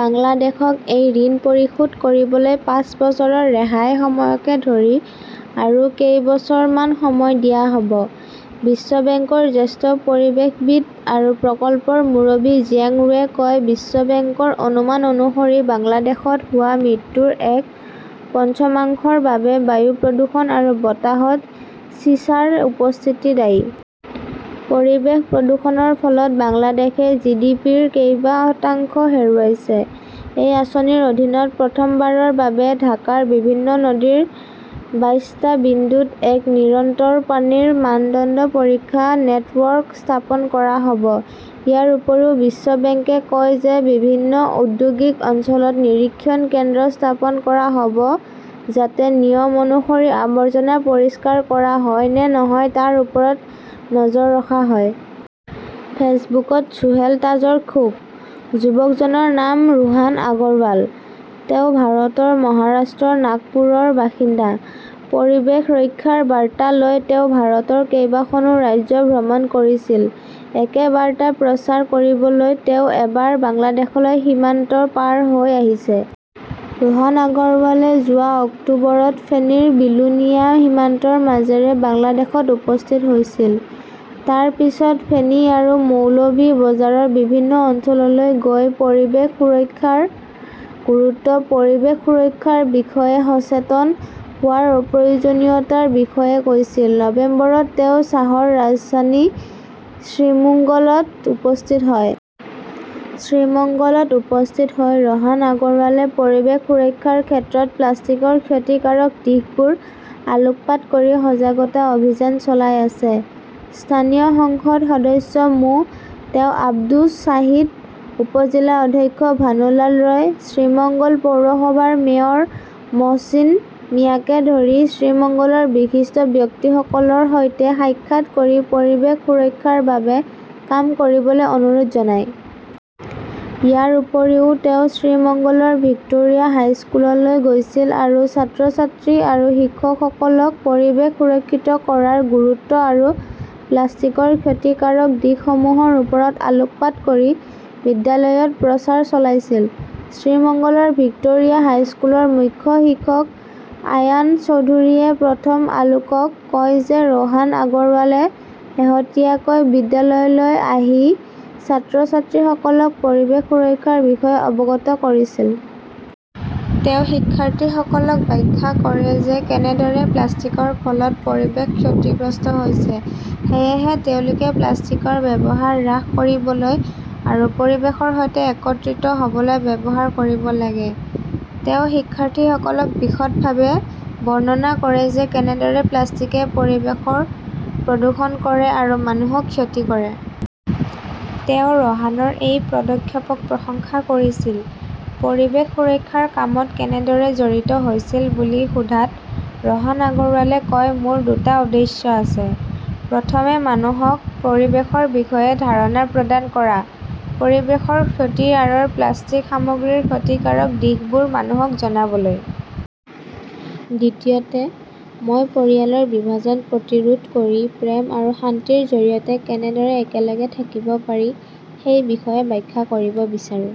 বাংলাদেশক এই ঋণ পৰিশোধ কৰিবলৈ পাঁচ বছৰৰ ৰেহাই সময়কে ধৰি আৰু কেইবছৰ মান সময় দিয়া হ'ব। বিশ্ব বেংকৰ জ্যেষ্ঠ পৰিৱেশবিদ আৰু প্ৰকল্পৰ মুৰব্বী জিয়াং ৰুৱে কয়, বিশ্ব বেংকৰ অনুমান অনুসৰি বাংলাদেশত হোৱা মৃত্যুৰ এক পঞ্চমাংশৰ বাবে বায়ু প্ৰদূষণ আৰু বতাহত চিছাৰ উপস্থিতি দায়ী। পৰিৱেশ প্ৰদূষণৰ ফলত বাংলাদেশে জিডিপিৰ কেইবা শতাংশ হেৰুৱাইছে। এই আঁচনিৰ অধীনত প্ৰথমবাৰৰ বাবে ঢাকাৰ বিভিন্ন নদীৰ বাইশটা বিন্দুত এক নিৰন্তৰ পানীৰ মানদণ্ড পৰীক্ষা নেটৱৰ্ক স্থাপন কৰা হ'ব। ইয়াৰ উপৰিও বিশ্ব বেংকে কয় যে বিভিন্ন ঔদ্যোগিক অঞ্চলত নিৰীক্ষণ কেন্দ্ৰ স্থাপন কৰা হ'ব যাতে নিয়ম অনুসৰি আৱৰ্জনা পৰিষ্কাৰ কৰা হয় নে নহয় তাৰ ওপৰত নজৰ ৰখা হয়। ফেচবুকত চোহেল তাজৰ ক্ষোভ। যুৱকজনৰ নাম ৰোহান আগৰৱাল। তেওঁ ভাৰতৰ মহাৰাষ্ট্ৰৰ নাগপুৰৰ বাসিন্দা। পৰিৱেশ ৰক্ষাৰ বাৰ্তা লৈ তেওঁ ভাৰতৰ কেইবাখনো ৰাজ্য ভ্ৰমণ কৰিছিল। একে বাৰ্তা প্ৰচাৰ কৰিবলৈ তেওঁ এইবাৰ বাংলাদেশলৈ সীমান্ত পাৰ হৈ আহিছে। ৰোহান আগৰৱালে যোৱা অক্টোবৰত ফেনীৰ বিলোনিয়া সীমান্তৰ মাজেৰে বাংলাদেশত উপস্থিত হৈছিল। তাৰ পিছত ফেনী আৰু মৌলভি বজাৰৰ বিভিন্ন অঞ্চললৈ গৈ পৰিৱেশ সুৰক্ষাৰ গুৰুত্ব, পৰিৱেশ সুৰক্ষাৰ বিষয়ে সচেতন হোৱাৰ প্ৰয়োজনীয়তাৰ বিষয়ে কৈছিল। নৱেম্বৰত তেওঁ চাহৰ ৰাজধানী শ্ৰীমুঙ্গলত উপস্থিত হয়। শ্ৰীমঙ্গলত উপস্থিত হৈ ৰোহান আগৰৱালে পৰিৱেশ সুৰক্ষাৰ ক্ষেত্ৰত প্লাষ্টিকৰ ক্ষতিকাৰক দিশবোৰ আলোকপাত কৰি সজাগতা অভিযান চলাই আছে। স্থানীয় সংসদ সদস্য মো. তেওঁ আব্দুছ শ্বাহিদ, উপ-জিলা অধ্যক্ষ ভানু লাল ৰয়, শ্ৰীমঙ্গল পৌৰসভাৰ মেয়ৰ মহচিন মিয়াকে ধৰি শ্ৰীমঙ্গলৰ বিশিষ্ট ব্যক্তিসকলৰ সৈতে সাক্ষাৎ কৰি পৰিৱেশ সুৰক্ষাৰ বাবে কাম কৰিবলৈ অনুৰোধ জনায়। ইয়াৰ উপৰিও তেওঁ শ্ৰীমঙ্গলৰ ভিক্টোৰিয়া হাইস্কুললৈ গৈছিল আৰু ছাত্ৰ-ছাত্ৰী আৰু শিক্ষকসকলক পৰিৱেশ সুৰক্ষিত কৰাৰ গুৰুত্ব আৰু প্লাষ্টিকৰ ক্ষতিকাৰক দিশসমূহৰ ওপৰত আলোকপাত কৰি বিদ্যালয়ত প্ৰচাৰ চলাইছিল। শ্ৰীমঙ্গলৰ ভিক্টোৰিয়া হাইস্কুলৰ মুখ্য শিক্ষক আয়ান চৌধুৰীয়ে প্ৰথম আলোকক কয় যে ৰোহান আগৰৱালে শেহতীয়াকৈ বিদ্যালয়লৈ আহি ছাত্ৰ-ছাত্ৰীসকলক পৰিৱেশ সুৰক্ষাৰ বিষয়ে অৱগত কৰিছিল। তেওঁ শিক্ষাৰ্থীসকলক ব্যাখ্যা কৰে যে কেনেদৰে প্লাষ্টিকৰ ফলত পৰিৱেশ ক্ষতিগ্ৰস্ত হৈছে। সেয়েহে তেওঁলোকে প্লাষ্টিকৰ ব্যৱহাৰ হ্ৰাস কৰিবলৈ আৰু পৰিৱেশৰ সৈতে একত্ৰিত হ'বলৈ ব্যৱহাৰ কৰিব লাগে। তেওঁ শিক্ষাৰ্থীসকলক বিশদভাৱে বৰ্ণনা কৰে যে কেনেদৰে প্লাষ্টিকে পৰিৱেশ প্ৰদূষণ কৰে আৰু মানুহক ক্ষতি কৰে। তেওঁ ৰোহানৰ এই পদক্ষেপক প্ৰশংসা কৰিছিল। পৰিৱেশ সুৰক্ষাৰ কামত কেনেদৰে জড়িত হৈছিল বুলি সোধাত ৰোহান আগৰৱালে কয়, মোৰ দুটা উদ্দেশ্য আছে। প্ৰথমে, মানুহক পৰিৱেশৰ বিষয়ে ধাৰণা প্ৰদান কৰা। পৰিৱেশৰ ক্ষতিৰ আঁৰৰ প্লাষ্টিক সামগ্ৰীৰ ক্ষতিকাৰক দিশবোৰ মানুহক জনাবলৈ। দ্বিতীয়তে, মই পৰিয়ালৰ বিভাজন প্ৰতিৰোধ কৰি প্ৰেম আৰু শান্তিৰ জৰিয়তে কেনেদৰে একেলগে থাকিব পাৰি সেই বিষয়ে ব্যাখ্যা কৰিব বিচাৰো।